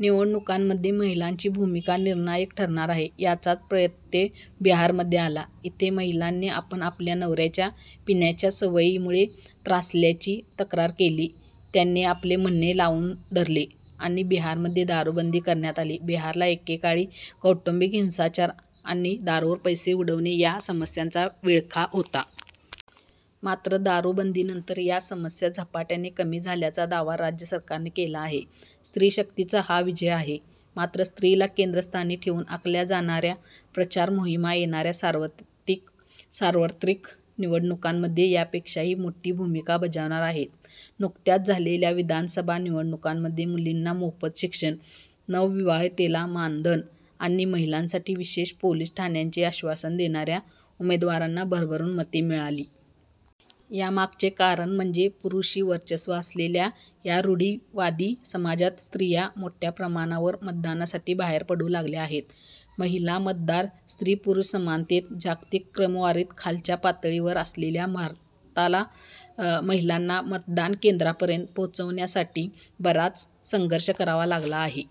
निवडणुकांमध्ये महिलांची भूमिका निर्णायक ठरणार आहे. याचाच प्रत्यय बिहारमध्ये आला. इथे महिलांनी आपण आपल्या नवऱ्याच्या 'पिण्याच्या' सवयीमुळे त्रासल्याची तक्रार केली. त्यांनी आपले म्हणणे लावून धरले आणि बिहारमध्ये दारूबंदी करण्यात आली. बिहारला एकेकाळी कौटुंबिक हिंसाचार आणि दारूवर पैसे उडवणे या समस्यांचा विळखा होता. मात्र दारूबंदीनंतर या समस्या झपाट्याने कमी झाल्याचा दावा राज्य सरकारने केला आहे. स्त्रीशक्तीचा हा विजय आहे. मात्र स्त्रीला केंद्रस्थानी ठेवून आखल्या जाणाऱ्या प्रचार मोहिमा येणाऱ्या सार्वत्रिक निवडणुकांमध्ये यापेक्षाही मोठी भूमिका बजावणार आहेत. नुकत्याच झालेल्या विधानसभा निवडणुकांमध्ये मुलींना मोफत शिक्षण, नवविवाहितेला मानधन आणि महिलांसाठी विशेष पोलीस ठाण्यांचे आश्वासन देणाऱ्या उमेदवारांना भरभरून मते मिळाली. यामागचे कारण म्हणजे पुरुषी वर्चस्व असलेल्या या रूढिवादी समाजात स्त्रिया मोठ्या प्रमाणावर मतदानासाठी बाहेर पडू लागल्या आहेत. महिला मतदार - स्त्री-पुरुष समानतेत जागतिक क्रमवारीत खालच्या पातळीवर असलेल्या भारताला महिलांना मतदानकेंद्रापर्यंत पोहोचवण्यासाठी बराच संघर्ष करावा लागला आहे.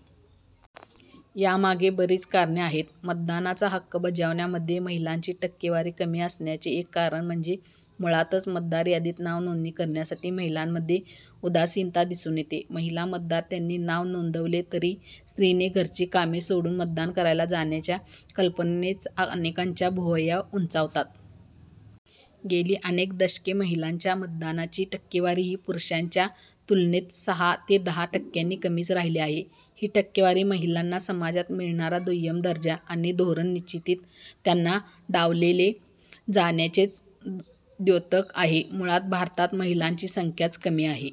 यामागे बरीच कारणे आहेत. मतदानाचा हक्क बजावण्यामध्ये महिलांची टक्केवारी कमी असण्याचे एक कारण म्हणजे मुळातच मतदार यादीत नाव नोंदणी करण्यासाठी महिलांमध्ये उदासीनता दिसून येते. महिला मतदार - त्यांनी नाव नोंदवले तरी स्त्रीने घरची कामे सोडून मतदान करायला जाण्याच्या कल्पनेनेच अनेकांच्या भुवया उंचावतात. गेली अनेक दशके महिलांच्या मतदानाची टक्केवारी ही पुरुषांच्या तुलनेत सहा ते दहा टक्क्यांनी कमीच राहिली आहे. ही टक्केवारी महिलांना समाजात मिळणारा दुय्यम दर्जा आणि धोरण निश्चितीत त्यांना डावलले जाण्याचेच द्योतक आहे. मुळात भारतात महिलांची संख्याच कमी आहे.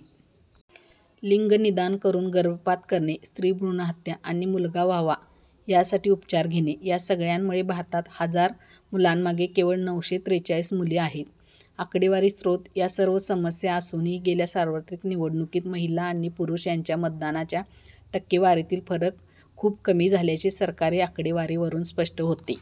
लिंगनिदान करून गर्भपात करणे, स्त्रीभ्रूणहत्या आणि मुलगा व्हावा, यासाठी उपचार घेणे, या सगळ्यांमुळे भारतात हजार मुलांमागे केवळ नऊशे त्रेचाळीस मुली आहेत. आकडेवारी स्रोत - या सर्व समस्या असूनही गेल्या सार्वत्रिक निवडणुकीत महिला आणि पुरुष यांच्या मतदानाच्या टक्केवारीतील फरक खूप कमी झाल्याचे सरकारी आकडेवारीवरून स्पष्ट होते.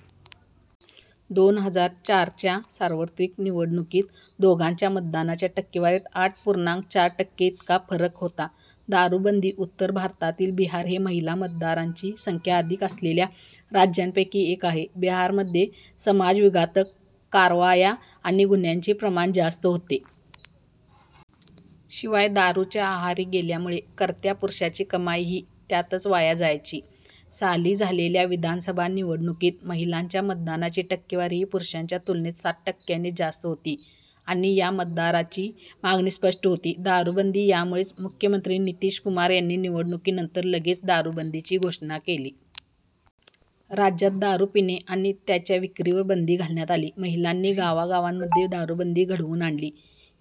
दोन हजार चारच्या सार्वत्रिक निवडणुकीत दोघांच्या मतदानाच्या टक्केवारीत आठ पूर्णांक चार टक्के इतका फरक होता. दारूबंदी - उत्तर भारतातील बिहार हे महिला मतदारांची संख्या अधिक असलेल्या राज्यांपैकी एक आहे. बिहारमध्ये समाजविघातक कारवाया आणि गुन्ह्यांचे प्रमाण जास्त होते. शिवाय दारूच्या आहारी गेल्यामुळे कर्त्या पुरुषाची कमाई ही त्यातच वाया जायची. साली झालेल्या विधानसभा निवडणुकीत महिलांच्या मतदानाची टक्केवारी ही पुरुषांच्या तुलनेत सात टक्क्याने जास्त होती आणि या मतदारांची मागणी स्पष्ट होती दारूबंदी यामुळेच मुख्यमंत्री नितीश कुमार यांनी निवडणुकीनंतर लगेच दारूबंदीची घोषणा केली. राज्यात दारू पिणे आणि त्याच्या विक्रीवर बंदी घालण्यात आली. महिलांनी गावागावांमध्ये दारूबंदी घडवून आणली,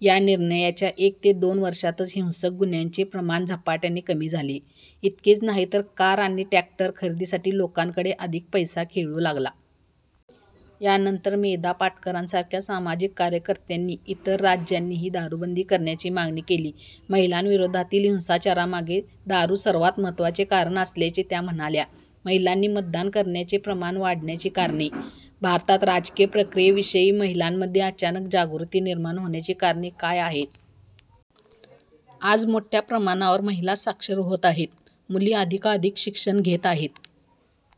या निर्णयाच्या एक ते दोन वर्षांतच हिंसक गुन्ह्यांचे प्रमाण झपाट्याने कमी झाले. इतकेच नाही तर कार आणि ट्रॅक्टर खरेदीसाठी लोकांकडे अधिक पैसा खेळू लागला. यानंतर मेधा पाटकरांसारख्या सामाजिक कार्यकर्त्यांनी इतर राज्यांनीही दारूबंदी करण्याची मागणी केली. महिलांविरोधातील हिंसाचारामागे दारू सर्वात महत्त्वाचे कारण असल्याचे त्या म्हणाल्या. महिलांनी मतदान करण्याचे प्रमाण वाढण्याची कारणे - भारतात राजकीय प्रक्रियेविषयी महिलांमध्ये अचानक जागृती निर्माण होण्याची कारणे काय आहेत? आज मोठ्या प्रमाणावर महिला साक्षर होत आहेत. मुली अधिकाधिक शिक्षण घेत आहेत.